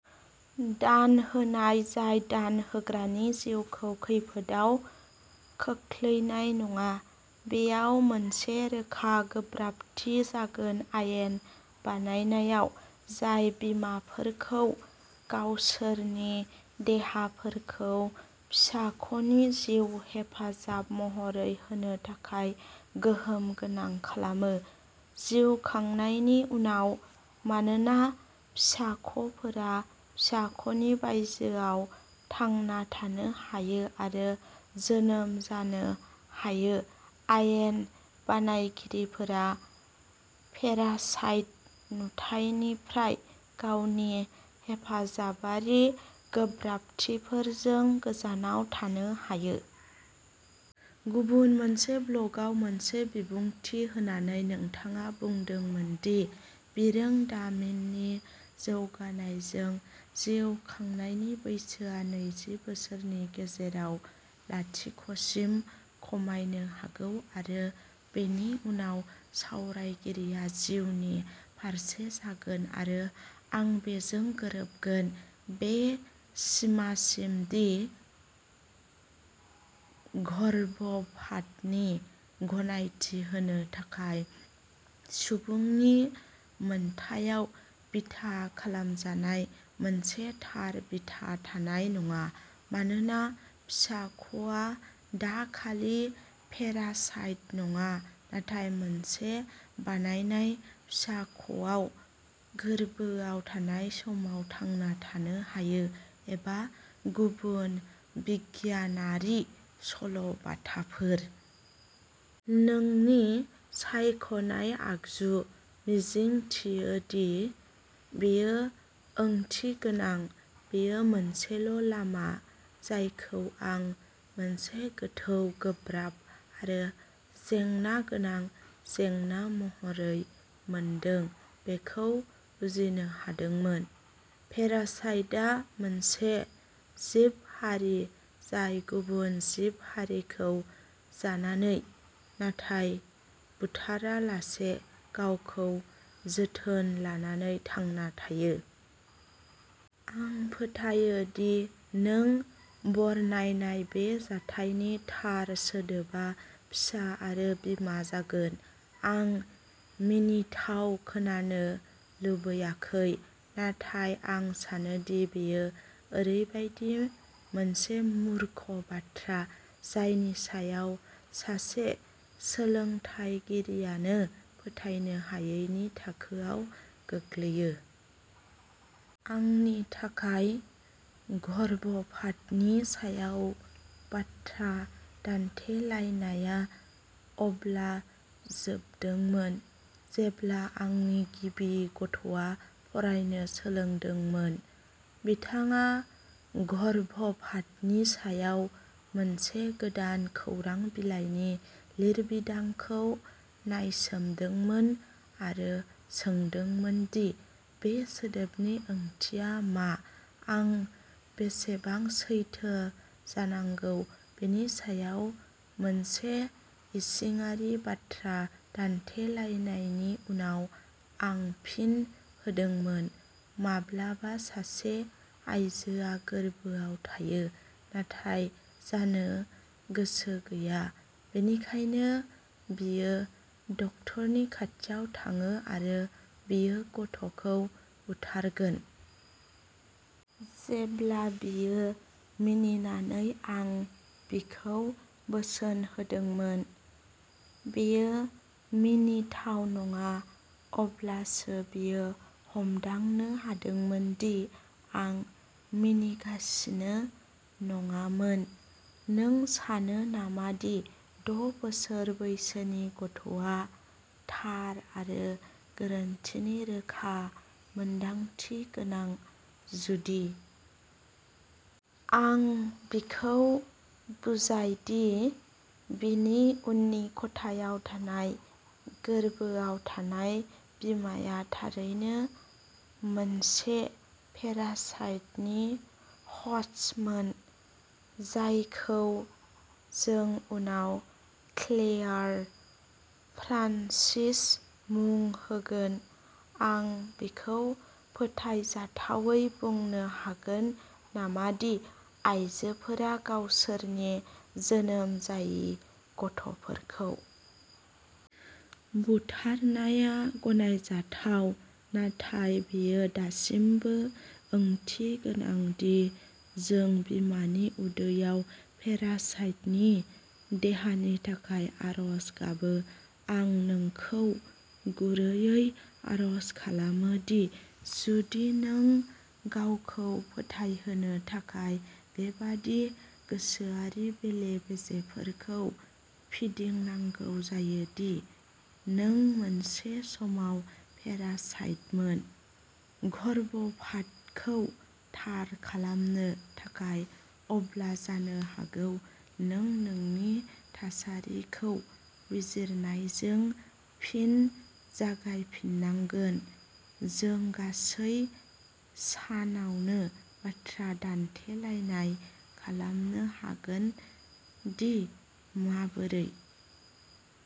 दान होनाय जाय दान होग्रानि जिउखौ खैफोदाव खोख्लैनाय नङा, बेयाव मोनसे रोखा गोब्राबथि जागोन आयेन बानायनायाव जाय बिमाफोरखौ गावसोरनि देहाफोरखौ फिसाख'नि जिउ हेफाजाब महरै होनो थाखाय गोहोम गोनां खालामो। जिउ खांनायनि उनाव, मानोना फिसाख'फोरा फिसाख'नि बायजोआव थांना थानो हायो आरो जोनोम जानो हायो आयेन बानायगिरिफोरा पेरासाइट नुथाइनिफ्राय गावनि हेफाजाबारि गोब्राबथिफोरजों गोजानाव थानो हायो। गुबुन मोनसे ब्लगआव मोनसे बिबुंथि होनानै, नोंथाङा बुंदोंमोन दि बिरोंदामिननि जौगानायजों, जिउ खांनायनि बैसोआ नैजि बोसोरनि गेजेराव लाथिख'सिम खमायनो हागौ आरो बेनि उनाव सावरायगिरिया जिउनि फारसे जागोन, आरो आं बेजों गोरोबगोन बे सिमासिम दि गर्भपातनि गनायथि होनो थाखाय सुबुंनि मोनथायाव बिथा खालामजानाय मोनसे थार बिथा थानाय नङा मानोना फिसाख'आ दा खालि पेरासाइट नङा नाथाय मोनसे बानायनाय फिसाख'आव गोर्बोआव थानाय समाव थांना थानो हायो, एबा गुबुन बिगियानारि सल'बाथाफोर। नोंनि सायख'नाय आगजु। मिजिंथियो दि बेयो ओंथिगोनां बेयो मोनसेल' लामा जायखौ आं मोनसे गोथौ गोब्राब आरो जेंना गोनां जेंना महरै मोनदों बेखौ बुजिनो हादोंमोन। पेरासाइटआ मोनसे जिब-हारि जाय गुबुन जिब-हारिखौ जानानै, नाथाय बुथारालासे गावखौ जोथोन लानानै थांना थायो। आं फोथायो दि नों बरनायनाय बे जाथायनि थार सोदोबा फिसा आरो बिमा जागोन। आं मिनिथाव खोनानो लुबैयाखै, नाथाय आं सानोदि बेयो ओरैबायदि मोनसे मूर्ख बाथ्रा जायनि सायाव सासे सोलोंथायगिरियानो फोथायनो हायैनि थाखोआव गोग्लैयो। आंनि थाखाय, गर्भपातनि सायाव बाथ्रा दान्थेलायनाया अब्ला जोबदोंमोन जेब्ला आंनि गिबि गथ'आ फरायनो सोलोंदोंमोन। बिथाङा गर्भपातनि सायाव मोनसे गोदान खौरां बिलाइनि लिरबिदांखौ नायसोमदोंमोन आरो सोंदोंमोन दि बे सोदोबनि ओंथिया मा। आं बेसेबां सैथो जानांगौ बेनि सायाव मोनसे इसिङारि बाथ्रा दान्थेलायनायनि उनाव आं फिन होदोंमोन माब्लाबा सासे आयजोआ गोरबोआव थायो, नाथाय जानो गोसो गैया, बेनिखायनो बियो डाक्टारनि खाथियाव थाङो आरो बियो गथ'खौ बुथारगोन। जेब्ला बियो मिनिनानै आं बिखौ बोसोन होदोंमोन, बेयो मिनिथाव नङा अब्लासो बियो हमदांनो हादोंमोन दि आं मिनिगासिनो नङामोन। नों सानो नामा दि द' बोसोर बैसोनि गथ'आ थार आरो गोरोन्थिनि रोखा मोनदांथि गोनां, जुदि आं बिखौ बुजायदि बिनि उननि खथायाव थानाय गोरबोआव थानाय बिमाया थारैनो मोनसे पेरासाइटनि ह'स्टमोन, जायखौ जों उनाव क्लेयार फ्रान्सिस मुं होगोन आं बिखौ फोथायजाथावै बुंनो हागोन नामा दि आयजोफोरा गावसोरनि जोनोम जायि गथ'फोरखौ बुथारनाया गनायजाथाव, नाथाय बेयो दासिमबो ओंथिगोनां दि जों बिमानि उदैयाव पेरासाइटनि देहानि थाखाय आरज गाबो आं नोंखौ गुरैयै आर'ज खालामो दि जुदि नों गावखौ फोथायहोनो थाखाय बेबादि गोसोआरि बेले-बेजेफोरखौ फिदिंनांगौ जायो दि नों मोनसे समाव पेरासाइटमोन, गर्भपातखौ थार खालामनो थाखाय, अब्ला जानो हागौ नों नोंनि थासारिखौ बिजिरनायजों फिन जागायफिननांगोन। जों गासै सानावनो बाथ्रा दान्थेलायनाय खालामनो हागोन दि माबोरै।